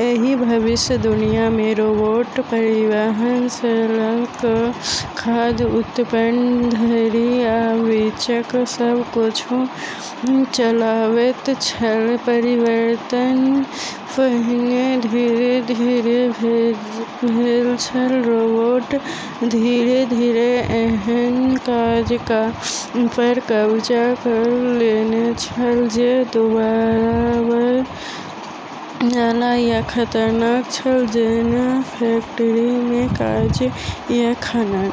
एहि भविष्यक दुनिया मे रोबोट परिवहन सं ल' क' खाद्य उत्पादन धरि, आ बीचक सब किछु चलाबैत छल. परिवर्तन पहिने धीरे-धीरे भेल छल। रोबोट धीरे-धीरे एहन काज पर कब्जा क लेने छल जे दोहराबय वाला या खतरनाक छल, जेना फैक्ट्री मे काज या खनन।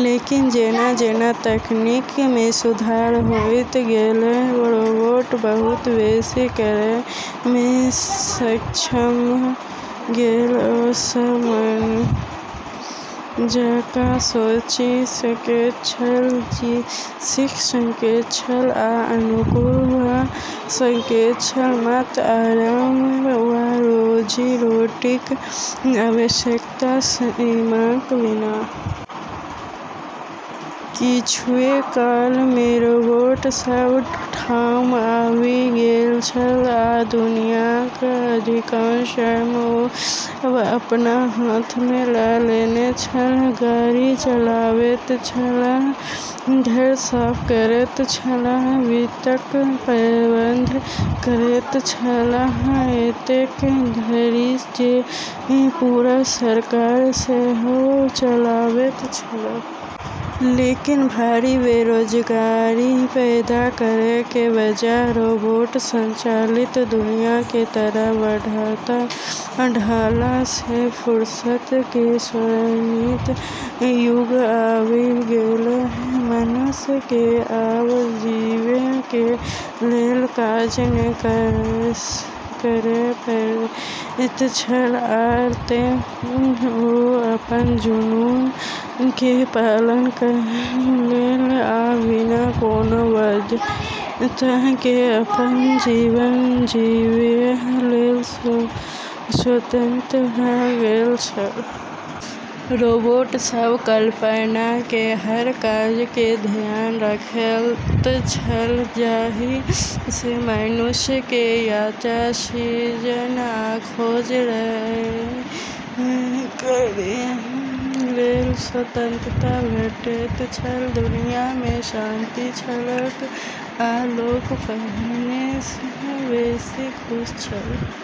लेकिन जेना-जेना तकनीक में सुधार होइत गेलै, रोबोट बहुत बेसी करय में सक्षम भ गेल। ओ सभ मनुक्ख जकाँ सोचि सकैत छल, सीख सकैत छल आ अनुकूल भ' सकैत छल, मात्र आराम वा रोजी-रोटीक आवश्यकताक सीमाक बिना। किछुए काल मे रोबोट सब ठाम आबि गेल छल, आ दुनियाक अधिकांश श्रम ओ सब अपना हाथ मे ल' लेने छल. गाड़ी चलाबैत छलाह, घर साफ करैत छलाह, वित्तक प्रबंधन करैत छलाह, एतेक धरि जे पूरा सरकार सेहो चलाबैत छलाह। लेकिन भारी बेरोजगारी पैदा करै के बजाय रोबोट संचालित दुनिया के तरफ बढ़ला स॑ फुर्सत के स्वर्णिम युग आबी गेलै। मनुष्य के आब जीबै के लेल काज नै करय पड़ैत छल, आ तें ओ अपन जुनून के पालन करय लेल आ बिना कोनो बाध्यता के अपन जीवन जीबय लेल स्वतंत्र भ गेल छल. रोबोट सब कल्पना के हर काज के ध्यान रखैत छल, जाहि स मनुष्य के यात्रा, सृजन आ खोज करय लेल स्वतंत्रता भेटैत छल. दुनियाँ मे शांति छलैक, आ लोक पहिने सँ बेसी खुश छल।